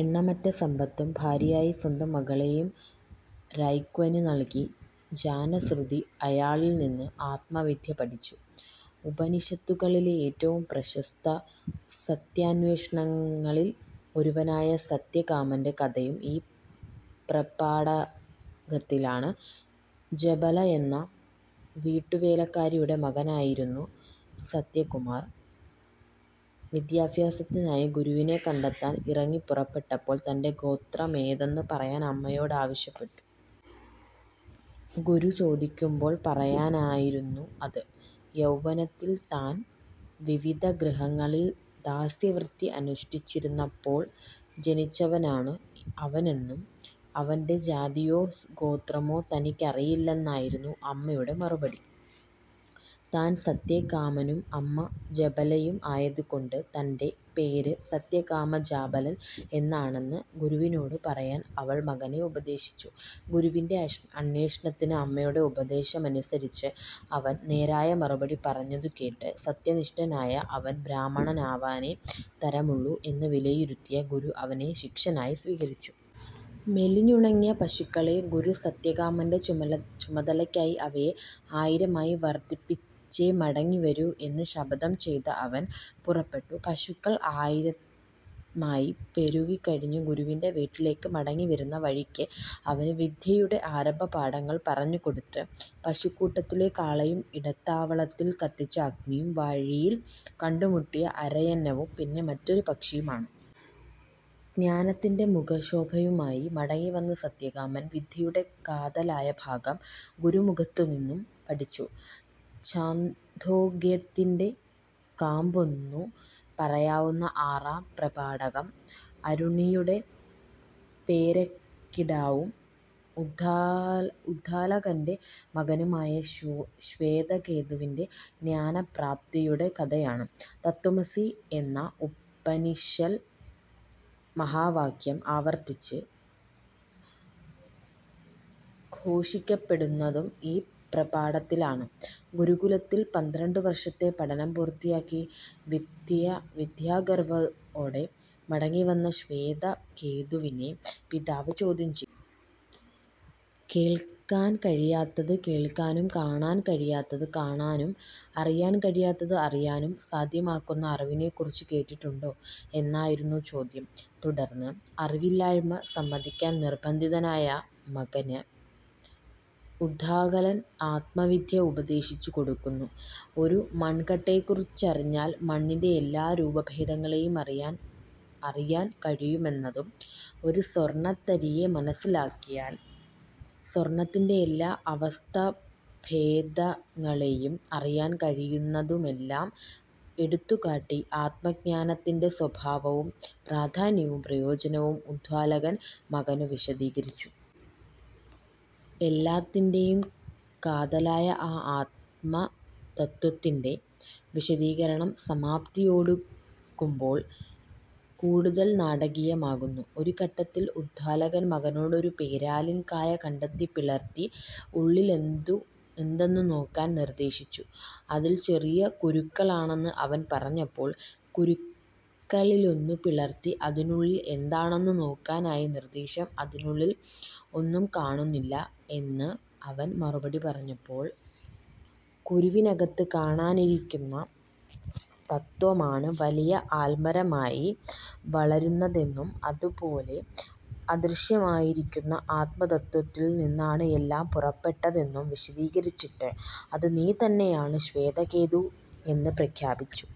എണ്ണമറ്റ സമ്പത്തും ഭാര്യയായി സ്വന്തം മകളേയും രൈക്വന് നൽകി ജാനശ്രുതി അയാളിൽ നിന്ന് ആത്മവിദ്യ പഠിച്ചു. ഉപനിഷത്തുകളിലെ ഏറ്റവും പ്രശസ്ത സത്യാന്വേഷികളിൽ ഒരുവനായ സത്യകാമന്റെ കഥയും ഈ പ്രപാഠകത്തിലാണ്. ജബല എന്ന വീട്ടുവേലക്കാരിയുടെ മകനായിരുന്ന സത്യകാമൻ വിദ്യാഭ്യാസത്തിനായി ഗുരുവിനെ കണ്ടെത്താൻ ഇറങ്ങിപ്പുറപ്പെട്ടപ്പോൾ, തന്റെ ഗോത്രമേതെന്ന് പറയാൻ അമ്മയോടാവശ്യപ്പെട്ടു. ഗുരു ചോദിക്കുമ്പോൾ പറയാനായിരുന്നു അത്. യൗവനത്തിൽ താൻ വിവിധഗൃഹങ്ങളിൽ ദാസ്യവൃത്തി അനുഷ്ഠിച്ചിരുന്നപ്പോൽ ജനിച്ചവനാണ് അവനെന്നും അവന്റെ ജാതിയോ ഗോത്രമോ തനിക്കറിയില്ലെന്നായിരുന്നു അമ്മയുടെ മറുപടി. താൻ സത്യകാമനും അമ്മ ജബലയും ആയതുകൊണ്ട് തന്റെ പേര് സത്യകാമജാബാലൻ എന്നാണെന്ന് ഗുരുവിനോടു പറയാൻ അവൾ മകനെ ഉപദേശിച്ചു. ഗുരുവിന്റെ അന്വേഷണത്തിന് അമ്മയുടെ ഉപദേശമനുസരിച്ച് അവൻ നേരായ മറുപടി പറഞ്ഞതുകേട്ട്, സത്യനിഷ്ഠനായ അവൻ ബ്രാഹ്മണനാവാനേ തരമുള്ളു എന്ന് വിലയിരുത്തിയ ഗുരു അവനെ ശിഷ്യനായി സ്വീകരിച്ചു. മെലിഞ്ഞുണങ്ങിയ പശുക്കളെ ഗുരു സത്യകാമന്റെ ചുമതലയിലാക്കി. അവയെ ആയിരമായി വർദ്ധിപ്പിച്ചേ മടങ്ങി വരൂ എന്ന് ശപഥം ചെയ്ത് അവൻ പുറപ്പെട്ടു. പശുക്കൾ ആയിരമായി പെരുകിക്കഴിഞ്ഞ് ഗുരുവിന്റെ വീട്ടിലേയ്ക്ക് മടങ്ങിവരുന്ന വഴിയ്ക്ക് അവന് വിദ്യയുടെ ആരംഭപാഠങ്ങൾ പറഞ്ഞുകൊടുത്തത് പശുക്കൂട്ടത്തിലെ കാളയും, ഇടത്താവളത്തിൽ കത്തിച്ച അഗ്നിയും, വഴിയിൽ കണ്ടുമുട്ടിയ അരയന്നവും പിന്നെ മറ്റൊരു പക്ഷിയുമാണ്. ജ്ഞാനത്തിന്റെ മുഖശോഭയുമായി മടങ്ങിവന്ന സത്യാകാമൻ വിദ്യയുടെ കാതലായ ഭാഗം ഗുരുമുഖത്തുനിന്നും പഠിച്ചു. ഛാന്ദോഗ്യത്തിന്റെ കാമ്പെന്നു പറയാവുന്ന ആറാം പ്രപാഠകം, അരുണിയുടെ പേരക്കിടാവും ഉദ്ദാലകന്റെ മകനുമായ ശ്വേതകേതുവിന്റെ ജ്ഞാനപ്രാപ്തിയുടെ കഥയാണ്. തത്ത്വമസി എന്ന ഉപനിഷൽ മഹാവാക്യം ആവർത്തിച്ച് ഘോഷിക്കപ്പെടുന്നതും ഈ പ്രപാഠത്തിലാണ്. ഗുരുകുലത്തിൽ പന്ത്രണ്ടുവർഷത്തെ പഠനം പൂർത്തിയാക്കി വിദ്യാഗർവ്വോടെ മടങ്ങി വന്ന ശ്വേതകേതുവിനെ പിതാവ് ചോദ്യം ചെയ്തു. "കേൾക്കാൻ കഴിയാത്തത് കേൾക്കാനും, കാണാൻ കഴിയാത്തത് കാണാനും, അറിയാൻ കഴിയാത്തത് അറിയാനും സാധ്യമാക്കുന്ന അറിവിനെക്കുറിച്ച് കേട്ടിട്ടുണ്ടോ" എന്നായിരുന്നു ചോദ്യം. തുടർന്ന്, അറിവില്ലായ്മ സമ്മതിക്കാൻ നിർബ്ബന്ധിതനായ മകന് ഉദ്ദാലകൻ ആത്മവിദ്യ ഉപദേശിച്ചു കൊടുക്കുന്നു. ഒരു മൺകട്ടയെക്കുറിച്ചറിഞ്ഞാൽ മണ്ണിന്റെ എല്ലാരൂപഭേദങ്ങളേയും അറിയാൻ അറിയാൻ കഴിയുമെന്നതും, ഒരു സ്വർണ്ണത്തരിയെ മനസ്സിലാക്കിയാൽ സ്വർണ്ണത്തിന്റെ എല്ലാ അവസ്ഥാഭേദങ്ങളേയും അറിയാൻ കഴിയുന്നതുമെല്ലാം എടുത്തുകാട്ടി ആത്മജ്ഞാനത്തിന്റെ സ്വഭാവവും പ്രാധാന്യവും പ്രയോജനവും ഉദ്ദാലകൻ മകനു വിശദീകരിച്ചു. എല്ലാത്തിന്റേയും കാതലായ ആ ആത്മതത്ത്വത്തിന്റെ വിശദീകരണം സമാപ്തിയോടടുക്കുമ്പോൾ കൂടുതൽ നാടകീയമാകുന്നു. ഒരു ഘട്ടത്തിൽ ഉദ്ദാലകൻ മകനോട് ഒരു പേരാലിൻ കായ കണ്ടെത്തി പിളർത്തി ഉള്ളിലെന്തെന്നു നോക്കാൻ നിർദ്ദേശിച്ചു. അതിൽ ചെറിയ കുരുക്കളാണെന്ന് അവൻ പറഞ്ഞപ്പോൾ കുരുക്കളിലൊന്നു പിളർത്തി, അതിനുള്ളിൽ എന്താണെന്നു നോക്കാനായി നിർദ്ദേശം. അതിനുള്ളിൽ ഒന്നും കാണുന്നില്ല എന്ന് അവൻ മറുപടി പറഞ്ഞപ്പോൾ, കുരുവിനകത്ത് കാണാതിരിക്കുന്ന തത്ത്വമാണ് വലിയ ആൽമരമായി വളരുന്നതെന്നും അതുപോലെ അദൃശ്യമായിരിക്കുന്ന അത്മതത്ത്വത്തിൽ നിന്നാണ് എല്ലാം പുറപ്പെടുന്നതെന്നും വിശദീകരിച്ചിട്ട്, "അത് നീ തന്നെയാണ് ശ്വേതകേതൂ" എന്ന് പ്രഖ്യാപിച്ചു.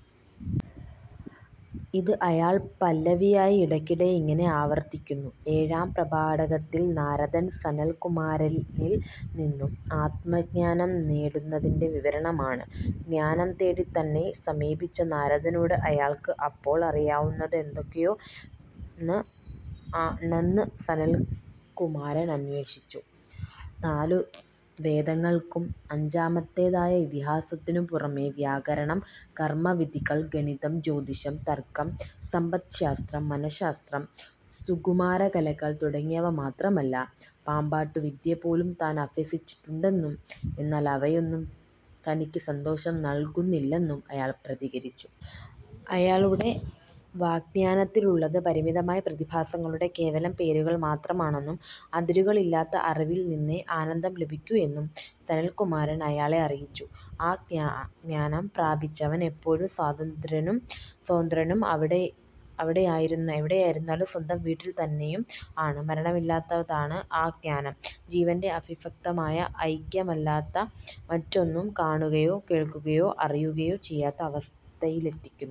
ഇത് അയാൾ പല്ലവിയായി ഇടക്കിടെ ഇങ്ങനെ ആവർത്തിക്കുന്നു:- ഏഴാം പ്രപാഠകത്തിൽ നാരദൻ സനൽകുമാരനിൽ നിന്നു ആത്മജ്ഞാനം നേടുന്നതിന്റെ വിവരണമാണ്. ജ്ഞാനം തേടി തന്നെ സമീപിച്ച നാരദനോട് അയാൾക്ക് അപ്പോൾ അറിയാവുന്നതെന്തൊക്കെയാണെന്ന് സനൽകുമാരൻ അന്വേഷിച്ചു. നാലു വേദങ്ങൾക്കും അഞ്ചാമത്തേതായ ഇതിഹാസത്തിനും പുറമേ വ്യാകരണം, കർമ്മവിധികൾ, ഗണിതം, ജ്യോതിഷം, തർക്കം, സമ്പദ്ശാസ്ത്രം, മനശാസ്ത്രം, സുകുമാരകലകൾ തുടങ്ങിയവ മാത്രമല്ല, പാമ്പാട്ടുവിദ്യപോലും താൻ അഭ്യസിച്ചിട്ടുണ്ടെന്നും എന്നാൽ അവയൊന്നും തനിക്ക് സന്തോഷം നൽകുന്നില്ലെന്നും അയാൾ പ്രതികരിച്ചു. അയാളുടെ വാചജ്ഞാനത്തിലുള്ളത് പരിമിതമായ പ്രതിഭാസങ്ങളുടെ കേവലം പേരുകൾ മാത്രമാണെന്നും, അതിരുകളില്ലാത്ത അറിവിൽ നിന്നേ ആനന്ദം ലഭിക്കൂ എന്നും സനൽകുമാരൻ അയാളെ അറിയിച്ചു. ആ ജ്ഞാനം പ്രാപിച്ചവൻ എപ്പോഴും സ്വതന്ത്രനും എവിടെയായിരുന്നാലും സ്വന്തം വീട്ടിൽ തന്നെയും ആണ്. മരണമില്ലാത്തതാണ് ആ ജ്ഞാനം. ജീവന്റെ അവിഭക്തമായ ഐക്യമല്ലാതെ മറ്റൊന്നും കാണുകയോ, കേൾക്കുകയോ, അറിയുകയോ ചെയ്യാത്ത അവസ്ഥയിലെത്തിക്കുന്ന